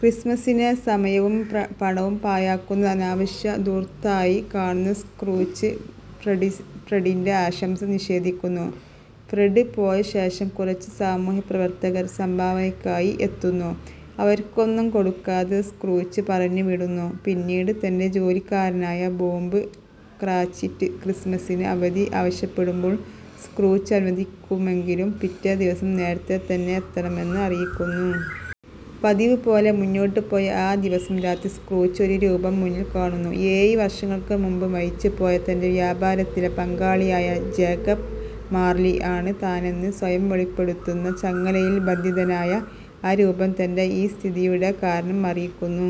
ക്രിസ്മസിനെ സമയവും പണവും പാഴാക്കുന്ന അനാവശ്യ ധൂർത്തായി കാണുന്ന സ്ക്രൂജ് ഫ്രഡിന്റെ ആശംസ നിഷേധിക്കുന്നു. ഫ്രെഡ് പോയ ശേഷം കുറച്ചു സാമൂഹ്യപ്രവർത്തകർ സംഭാവനയ്കായി എത്തുന്നു. അവർക്ക് ഒന്നും കൊടുക്കാതെ സ്ക്രൂജ് പറഞ്ഞുവിടുന്നു. പിന്നീട് തന്റെ ജോലിക്കാരനായ ബോബ് ക്റാചിറ്റ് ക്രിസ്മസിന് അവധി ആവശ്യപ്പെടുമ്പോൾ സ്ക്രൂജ് അനുവദിക്കുമെങ്കിലും പിറ്റേ ദിവസം നേരത്തെ തന്നെ എത്തണമെന്ന് അറിയിക്കുന്നു. പതിവ് പോലെ മുന്നോട്ടു പോയ ആ ദിവസം രാത്രി സ്ക്രൂജ് ഒരു രൂപം മുന്നിൽ കാണുന്നു. ഏഴ് വർഷങ്ങൾക്കുമുൻപ് മരിച്ചുപോയ തന്റെ വ്യാപാരത്തിലെ പങ്കാളിയായ ജേക്കബ് മാർലി ആണ് താനെന്ന് സ്വയം വെളിപ്പെടുത്തുന്ന ചങ്ങലയിൽ ബന്ധിതനായ ആ രൂപം തൻ്റെ ഈ സ്ഥിതിയുടെ കാരണം അറിയിക്കുന്നു.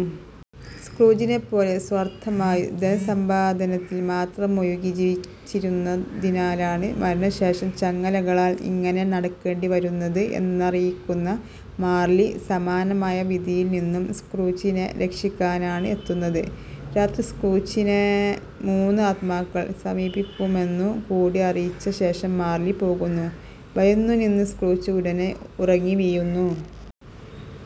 സ്ക്രൂജിനെപ്പോലെ സ്വാർത്ഥമായി ധനസമ്പാദനത്തിൽ മാത്രം മുഴുകി ജീവിച്ചിരുന്നതിനാലാണ് മരണശേഷം ചങ്ങലകളാൽ ഇങ്ങനെ നടക്കേണ്ടി വരുന്നത് എന്നറിയിക്കുന്ന മാർലി സമാനമായ വിധിയിൽ നിന്നും സ്ക്രൂജിനെ രക്ഷിക്കാനാണ് എത്തുന്നത്. രാത്രി സ്ക്രൂജിനെ മൂന്ന് ആത്മാക്കൾ സമീപിക്കുമെന്നുകൂടി അറിയിച്ച ശേഷം മാർലി പോകുന്നു. ഭയന്നുനിന്ന സ്ക്രൂജ് ഉടനേ ഉറങ്ങി വീഴുന്നു.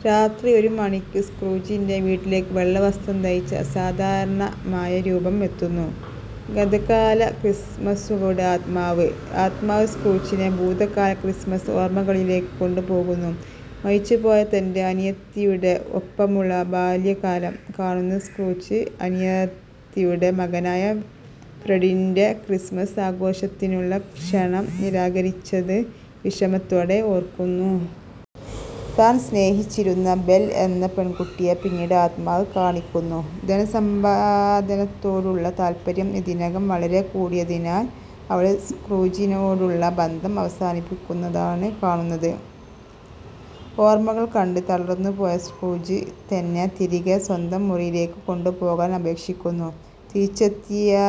രാത്രി ഒരു മണിയ്ക്ക് സ്ക്രൂജിന്റെ വീട്ടിലേക്ക് വെള്ളവസ്ത്രം ധരിച്ച അസാധാരണമായ രൂപം എത്തുന്നു. ഗതകാല ക്രിസ്മസുകളുടെ ആത്മാവ്. ആത്മാവ് സ്ക്രൂജിനെ ഭൂതകാല ക്രിസ്മസ് ഓർമകളിലേക്ക് കൊണ്ടുപോകുന്നു. മരിച്ചുപോയ തൻ്റെ അനിയത്തിയുടെ ഒപ്പമുള്ള ബാല്യകാലം കാണുന്ന സ്ക്രൂജ് അനിയത്തിയുടെ മകനായ ഫ്രെഡിന്റെ ക്രിസ്മസ് ആഘോഷത്തിനുള്ള ക്ഷണം നിരാകരിച്ചത് വിഷമത്തോടെ ഓർക്കുന്നു. താൻ സ്നേഹിച്ചിരുന്ന ബെൽ എന്ന പെൺകുട്ടിയെ പിന്നീട് ആത്മാവ് കാണിക്കുന്നു. ധനസമ്പാദനത്തോടുള്ള താല്പര്യം ഇതിനകം വളരെ കൂടിയതിനാൽ അവൾ സ്ക്രൂജിനോടുള്ള ബന്ധം അവസാനിപ്പിക്കുന്നതാണ് കാണുന്നത്. ഓർമ്മകൾ കണ്ട് തളർന്നുപോയ സ്ക്രൂജ് തന്നെ തിരികെ സ്വന്തം മുറിയിലേക്ക് കൊണ്ടുപോകാൻ അപേക്ഷിക്കിന്നു. തിരിച്ചെത്തിയെ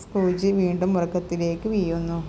സ്ക്രൂജ് വീണ്ടും ഉറക്കത്തിലേക്ക് വീഴുന്നു.